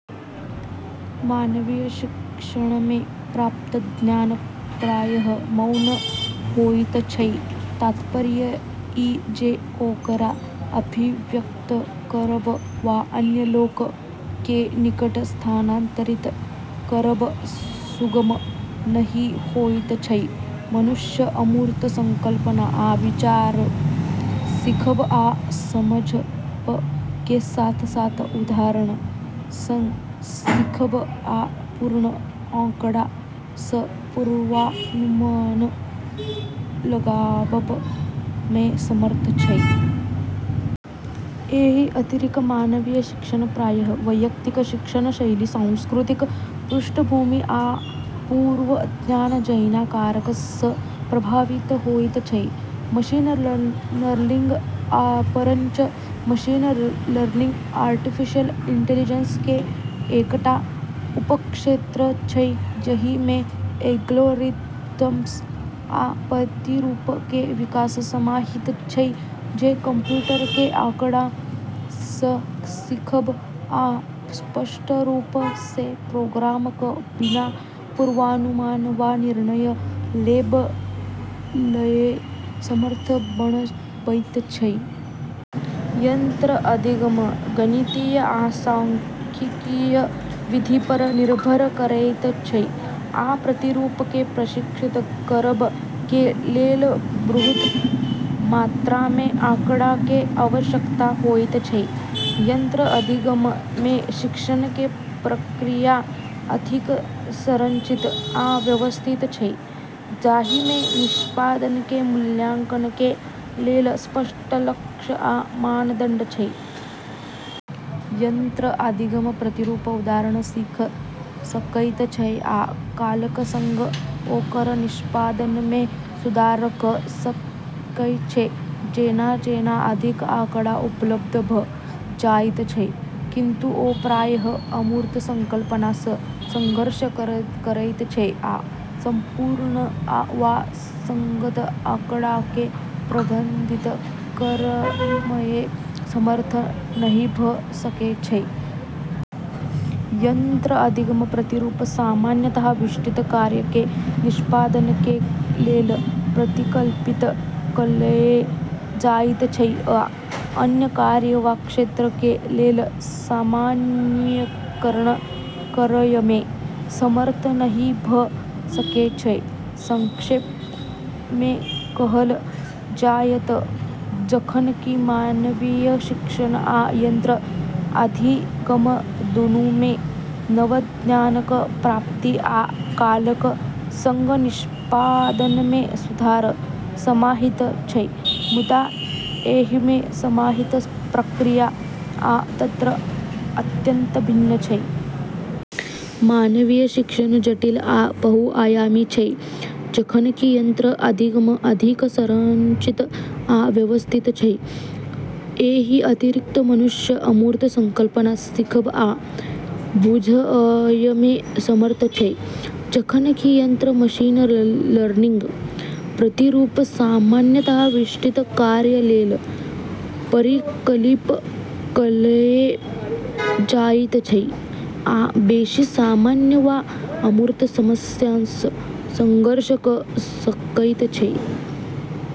मानवीय शिक्षणमे प्राप्त ज्ञान प्रायः मौन होइत छै, तात्पर्य ई जे ओकरा अभिव्यक्त करब वा अन्य लोक के निकट स्थानांतरित करब सुगम नहि होइत छै। मनुष्य अमूर्त संकल्पना आ विचार सीखब आ समझब के साथ-साथ उदाहरण सँ सीखब आ अपूर्ण आँकड़ा सँ पूर्वानुमान लगाबब में समर्थ छै। एहि अतिरिक्त, मानवीय शिक्षण प्रायः वैयक्तिक शिक्षण शैली, सांस्कृतिक पृष्ठभूमि, आ पूर्व ज्ञान जैना कारक सँ प्रभावित होइत छै। मशीन लर्निंग: अपरंच, मशीन लर्निंग आर्टिफिशियल इंटेलिजेंस के एकटा उपक्षेत्र छै जहि में एल्गोरिथ्म आ प्रतिरूप के विकास समाहित छै जे कंप्यूटर के आँकड़ा सँ सीखब आ स्पष्ट रूप सँ प्रोग्राम क' बिना पूर्वानुमान वा निर्णय लेबयमे समर्थ बनबैत छै। यंत्र अधिगम गणितीय आ सांख्यिकीय विधि पर निर्भर करैत छै आ प्रतिरूप के प्रशिक्षित करब के लेल बृहत मात्रामे आँकड़ाके आवश्यकता होइत छै। यंत्र अधिगम में शिक्षण के प्रक्रिया अधिक संरचित आ व्यवस्थित छै, जाहिमे निष्पादन के मूल्यांकन के लेल स्पष्ट लक्ष्य आ मानदंड छै। यंत्र अधिगम प्रतिरूप उदाहरणसँ सीख सकैत छै आ कालक संग ओकर निष्पादनमे सुधार कऽ सकै छै जेना-जेना अधिक आँकड़ा उपलब्ध भऽ जाइत छै, किंतु ओ प्रायः अमूर्त संकल्पना सँ संघर्ष करैत छै आ अपूर्ण वा असंगत आँकड़ाकेँ प्रबंधित करयमे समर्थ नहि भऽ सकै छै। यंत्र अधिगम प्रतिरूप सामान्यतः विशिष्ट कार्य के निष्पादन के लेल परिकल्पित कएल जाइत छै आ अन्य कार्य वा क्षेत्र के लेल सामान्यीकरण करयमे समर्थ नहि भऽ सकै छै। संक्षेप में कहल जाय तँ जखन कि मानवीय शिक्षण आ यंत्र अधिगम दुनू मे नव ज्ञानक प्राप्ति आ कालक संग निष्पादनमे सुधार समाहित छै, मुदा एहिमे समाहित प्रक्रिया आ तंत्र अत्यंत भिन्न छै। मानवीय शिक्षण जटिल आ बहुआयामी छै, जखन कि यंत्र अधिगम अधिक संरचित आ व्यवस्थित छै। एहि अतिरिक्त, मनुष्य अमूर्त संकल्पना सीखब आ बुझयमे समर्थ छै, जखन कि यंत्र मशीन लर्निंग प्रतिरूप सामान्यतः विशिष्ट कार्य लेल परिकल्पित कएल जाइत छै आ बेशी सामान्य वा अमूर्त समस्यासँ संघर्ष कऽ सकैत छै।